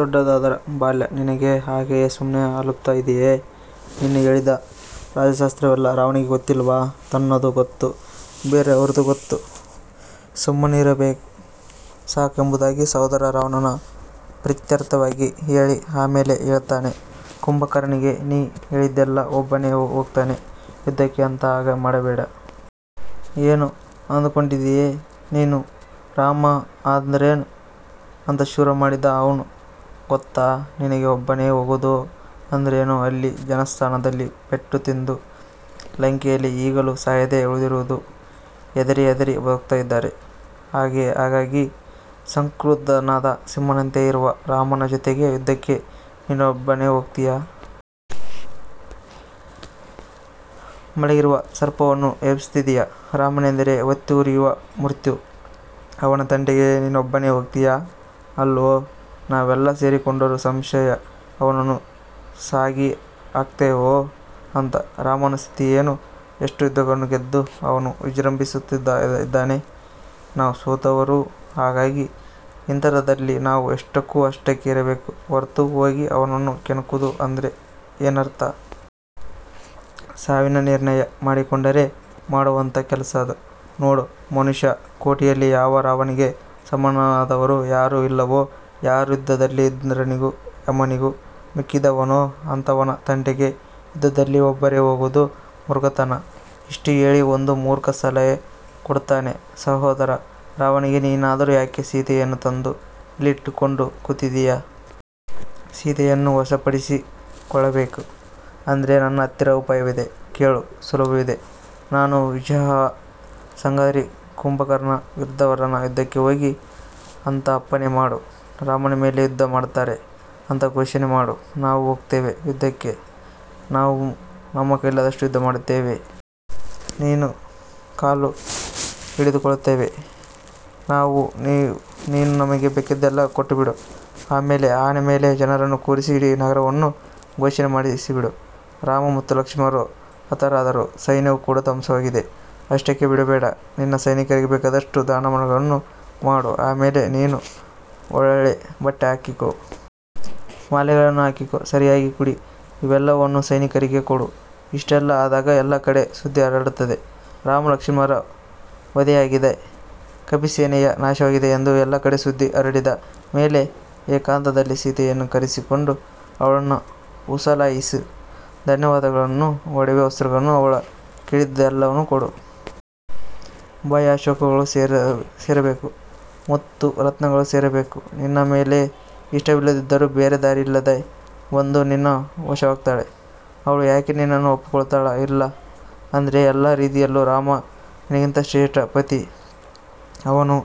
ದೊಡ್ಡದಾದರೂ ಬಾಲ್ಯ ನಿನಗೆ. ಹಾಗಾಗಿ ಸುಮ್ನೆ ಹಲುಬ್ತಾ ಇದೀಯೆ. ನೀನು ಹೇಳಿದ ರಾಜ್ಯಶಾಸ್ತ್ರವೆಲ್ಲ ರಾವಣನಿಗೆ ಗೊತ್ತಿಲ್ಲವಾ? ತನ್ನದೂ ಗೊತ್ತು, ಬೇರೆಯವರದೂ ಗೊತ್ತು. ಸುಮ್ಮನಿರು ಸಾಕು ಎಂಬುದಾಗಿ ಸಹೋದರನು ರಾವಣನ ಪ್ರೀತ್ಯರ್ಥವಾಗಿ ಹೇಳಿ ಆಮೇಲೆ ಹೇಳ್ತಾನೆ ಕುಂಭಕರ್ಣನಿಗೆ. ನೀ ಹೇಳಿದ್ಯಲ್ಲ ಒಬ್ಬನೇ ಹೋಗ್ತೇನೆ ಯುದ್ಧಕ್ಕೆ ಅಂತ ಹಾಗೆ ಮಾಡಬೇಡ. ಏನು ಅಂದ್ಕೊಂಡಿದೀಯೆ ನೀನು? ರಾಮ ಅಂದ್ರೇನು ಅಂತ ಶುರುಮಾಡಿದ ಅವ್ನು. ಗೊತ್ತಾ ನಿನಗೆ ಒಬ್ಬನೇ ಹೋಗುವುದು ಅಂದ್ರೇನು. ಅಲ್ಲಿ ಜನಸ್ಥಾನದಲ್ಲಿ ಪೆಟ್ಟು ತಿಂದು ಲಂಕೆಯಲ್ಲಿ ಈಗಲೂ ಸಾಯದೇ ಉಳಿದಿರುವವರು ಹೆದರಿ ಹೆದರಿ ಬದುಕ್ತಾ ಇದಾರೆ. ಹಾಗಾಗಿ ಸಂಕ್ರುದ್ಧನಾದ ಸಿಂಹನಂತೆ ಇರುವ ರಾಮನ ಜೊತೆಗೆ ಯುದ್ಧಕ್ಕೆ ನೀನೊಬ್ಬನೇ ಹೋಗ್ತೀಯ. ಮಲಗಿರುವ ಸರ್ಪವನ್ನು ಎಬ್ಬಿಸ್ತೀಯಾ ರಾಮನೆಂದರೆ ಹೊತ್ತಿಯುರಿಯುವ ಮೃತ್ಯು. ಅವನ ತಂಟೆಗೆ ನೀನೊಬ್ಬನೇ ಹೋಗ್ತೀಯಾ ಅಲ್ವೋ, ನಾವೆಲ್ಲಾ ಸೇರಿಕೊಂಡರೂ ಸಂಶಯ ಅವನನ್ನು ಸಾಗಿಹಾಕ್ತೇವೋ ಅಂತ. ರಾಮನ ಸ್ಥಿತಿಯೇನು ಎಷ್ಟೋ ಯುದ್ಧಗಳನ್ನು ಗೆದ್ದು ಅವನು ವಿಜೃಂಭಿಸ್ತಾ ಇದ್ದಾನೆ. ನಾವು ಸೋತವರು. ಹಾಗಾಗಿ ಇಂಥದ್ದರಲ್ಲಿ ನಾವು ಎಷ್ಟುಕ್ಕೋ ಅಷ್ಟಕ್ಕೆ ಇರಬೇಕು ಹೊರತು ಹೋಗಿ ಅವನನ್ನು ಕೆಣಕುವುದು ಅಂದ್ರೆ ಏನರ್ಥ. ಸಾವಿನ ನಿರ್ಣಯ ಮಾಡಿಕೊಂಡರೆ ಮಾಡುವಂಥ ಕೆಲಸ ಅದು. ನೋಡು ಮನುಷ್ಯಕೋಟಿಯಲ್ಲಿ ಯಾವ ರಾವನಿಗೆ ಸಮನಾದವರು ಯಾರೂ ಇಲ್ಲವೋ, ಯಾರು ಯುದ್ಧದಲ್ಲಿ ಇಂದ್ರನಿಗೂ, ಯಮನಿಗೂ ಮಿಕ್ಕಿದವನೋ ಅಂಥವನ ತಂಟೆಗೆ ಯುದ್ಧದಲ್ಲಿ ಒಬ್ಬರೇ ಹೋಗುವುದು ಮೂರ್ಖತನ. ಇಷ್ಟು ಹೇಳಿ ಒಂದು ಮೂರ್ಖ ಸಲಹೆ ಕೊಡ್ತಾನೆ ಮಹೋದರ ರಾವಣನಿಗೆ. ನೀನಾದರೂ ಯಾಕೆ ಸೀತೆಯನ್ನು ತಂದು ಇಲ್ಲಿಟ್ಟುಕೊಂಡು ಕೂತಿದೀಯೆ? ಸೀತೆಯನ್ನು ವಶಪಡಿಸಿಕೊಳ್ಬೇಕು ಅಂದ್ರೆ ನನ್ನ ಹತ್ತಿರ ಉಪಾಯವಿದೆ. ಕೇಳು. ಸುಲಭವಿದೆ. ನಾನು, ವಿಜಿಹ್ವ, ಸಂಘ್ರಾದಿ, ಕುಂಭಕರ್ಣ, ವಿದರ್ಧನ ಯುದ್ಧಕ್ಕೆ ಹೋಗಿ ಅಂತ ಅಪ್ಪಣೆ ಮಾಡು. ರಾಮನ ಮೇಲೆ ಯುದ್ಧ ಮಾಡ್ತಾರೆ ಅಂತ ಘೋಷಣೆ ಮಾಡು. ನಾವು ಹೋಗ್ತೇವೆ ಯುದ್ಧಕ್ಕೆ. ನಾವು ನಮ್ಮ ಕೈಲಾದಷ್ಟು ಯುದ್ಧ ಮಾಡ್ತೇವೆ. ನಿನ್ನ ಕಾಲು ಹಿಡಿದುಕೊಳ್ತೇವೆ ನಾವು. ನೀನು ನಮಗೆ ಬೇಕಾದ್ದೆಲ್ಲ ಕೊಟ್ಟುಬಿಡು. ಆಮೇಲೆ ಆನೆ ಮೇಲೆ ಜನರನ್ನು ಕೂರಿಸಿ ಇಡೀ ನಗರವನ್ನು ಘೋಷಣೆ ಮಾಡಿಸಿಬಿಡು. ರಾಮ ಮತ್ತು ಲಕ್ಷ್ಮಣರು ಹತರಾದರು ಸೈನ್ಯವೂ ಕೂಡ ಧ್ವಂಸವಾಗಿದೆ. ಅಷ್ಟಕ್ಕೇ ಬಿಡಬೇಡ. ನಿನ್ನ ಸೈನಿಕರಿಗೆ ಬೇಕಾದಷ್ಟು ದಾನಮಾನಗಳನ್ನು ಮಾಡು. ಆಮೇಲೆ ನೀನು ಒಳ್ಳೊಳ್ಳೆ ಬಟ್ಟೆ ಹಾಕಿಕೋ. ಮಾಲೆಗಳನ್ನು ಹಾಕಿಕೋ. ಸರಿಯಾಗಿ ಕುಡಿ. ಇವೆಲ್ಲವನ್ನೂ ಸೈನಿಕರಿಗೂ ಕೊಡು. ಇಷ್ಟೆಲ್ಲ ಆದಾಗ ಎಲ್ಲ ಕಡೆ ಸುದ್ದಿ ಹರಡ್ತದೆ. ರಾಮ-ಲಕ್ಷ್ಮಣರ ವಧೆಯಾಗಿದೆ. ಕಪಿಸೇನೆಯ ನಾಶವಾಗಿದೆ ಎಂದು ಎಲ್ಲಾ ಕಡೆ ಸುದ್ದಿ ಹರಡಿದ ಮೇಲೆ ಏಕಾಂತದಲ್ಲಿ ಸೀತೆಯನ್ನು ಕರೆಸಿಕೊಂಡು ಅವಳನ್ನು ಪುಸಲಾಯಿಸು. ಧನಧಾನ್ಯಗಳನ್ನು, ಒಡವೆ ವಸ್ತ್ರಗಳನ್ನು, ಅವಳು ಕೇಳಿದ್ದೆಲ್ಲವನ್ನೂ ಕೊಡು. ಭಯ-ಶೋಕಗಳೂ ಸೇರಬೇಕು. ಮುತ್ತು-ರತ್ನಗಳೂ ಸೇರಬೇಕು. ನಿನ್ನ ಮೇಲೆ ಇಷ್ಟವಿಲ್ಲದಿದ್ದರೂ ಬೇರೆ ದಾರಿಯಿಲ್ಲದೇ ಬಂದು ನಿನ್ನ ವಶವಾಗ್ತಾಳೆ. ಅವಳು ಯಾಕೆ ನಿನ್ನನ್ನ ಒಪ್ಕೊಳ್ತಾ ಇಲ್ಲ ಅಂದ್ರೆ ಎಲ್ಲಾ ರೀತಿಯಲ್ಲೂ ರಾಮ ನಿನಗಿಂತ ಶ್ರೇಷ್ಠ ಪತಿ. ಅವನು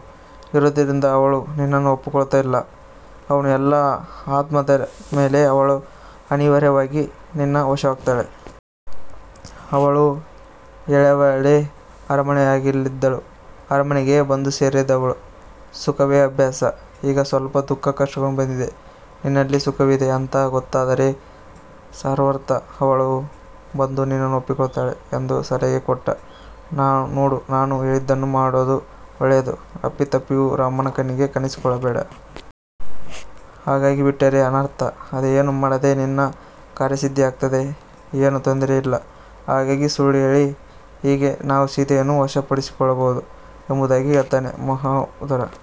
ಇರೋದ್ರಿಂದ ಅವಳು ನಿನನ್ನ ಒಪ್ಕೊಳ್ತಾ ಇಲ್ಲ. ಅವನು ಇಲ್ಲ ಅಂತಾದ್ಮೇಲೆ ಅವಳು ಅನಿವಾರ್ಯವಾಗಿ ನಿನ್ನ ವಶವಾಗ್ತಾಳೆ. ಅವಳು ಎಳವೆಯಲ್ಲೇ ಅರಮನೆಯಲ್ಲಿದ್ದವಳು, ಅರಮನೆಗೇ ಬಂದು ಸೇರಿದವಳು. ಸುಖವೇ ಅಭ್ಯಾಸ. ಈಗ ಸ್ವಲ್ಪ ದುಃಖ, ಕಷ್ಟಗಳು ಬಂದಿದೆ. ನಿನ್ನಲ್ಲಿ ಸುಖವಿದೆ ಅಂತ ಗೊತ್ತಾದರೆ ಸರ್ವಥಾ ಅವಳು ಬಂದು ನಿನ್ನನ್ನು ಒಪ್ಪಿಕೊಳ್ತಾಳೆ ಎಂದು ಸಲಹೆ ಕೊಟ್ಟ. ನೋಡು ನಾನು ಹೇಳಿದ್ದನ್ನು ಮಾಡೋದು ಒಳ್ಳೆಯದು. ಅಪ್ಪಿತಪ್ಪಿಯೂ ರಾಮನ ಕಣ್ಣಿಗೆ ಕಾಣಿಸಿಕೊಳ್ಳಬೇಡ. ಹಾಗಾಗಿಬಿಟ್ಟರೆ ಅನರ್ಥ. ಅದೇನೂ ಮಾಡದೆ ನಿನ್ನ ಕಾರ್ಯಸಿದ್ಧಿಯಾಗ್ತದೆ. ಏನೂ ತೊಂದರೆಯಿಲ್ಲ. ಹಾಗಾಗಿ ಸುಳ್ಳುಹೇಳಿ ಹೀಗೆ ನಾವು ಸೀತೆಯನ್ನು ವಶಪಡಿಸಿಕೊಳ್ಳಬಹುದು ಎಂಬುದಾಗಿ ಹೇಳ್ತಾನೆ ಮಹೋದರ.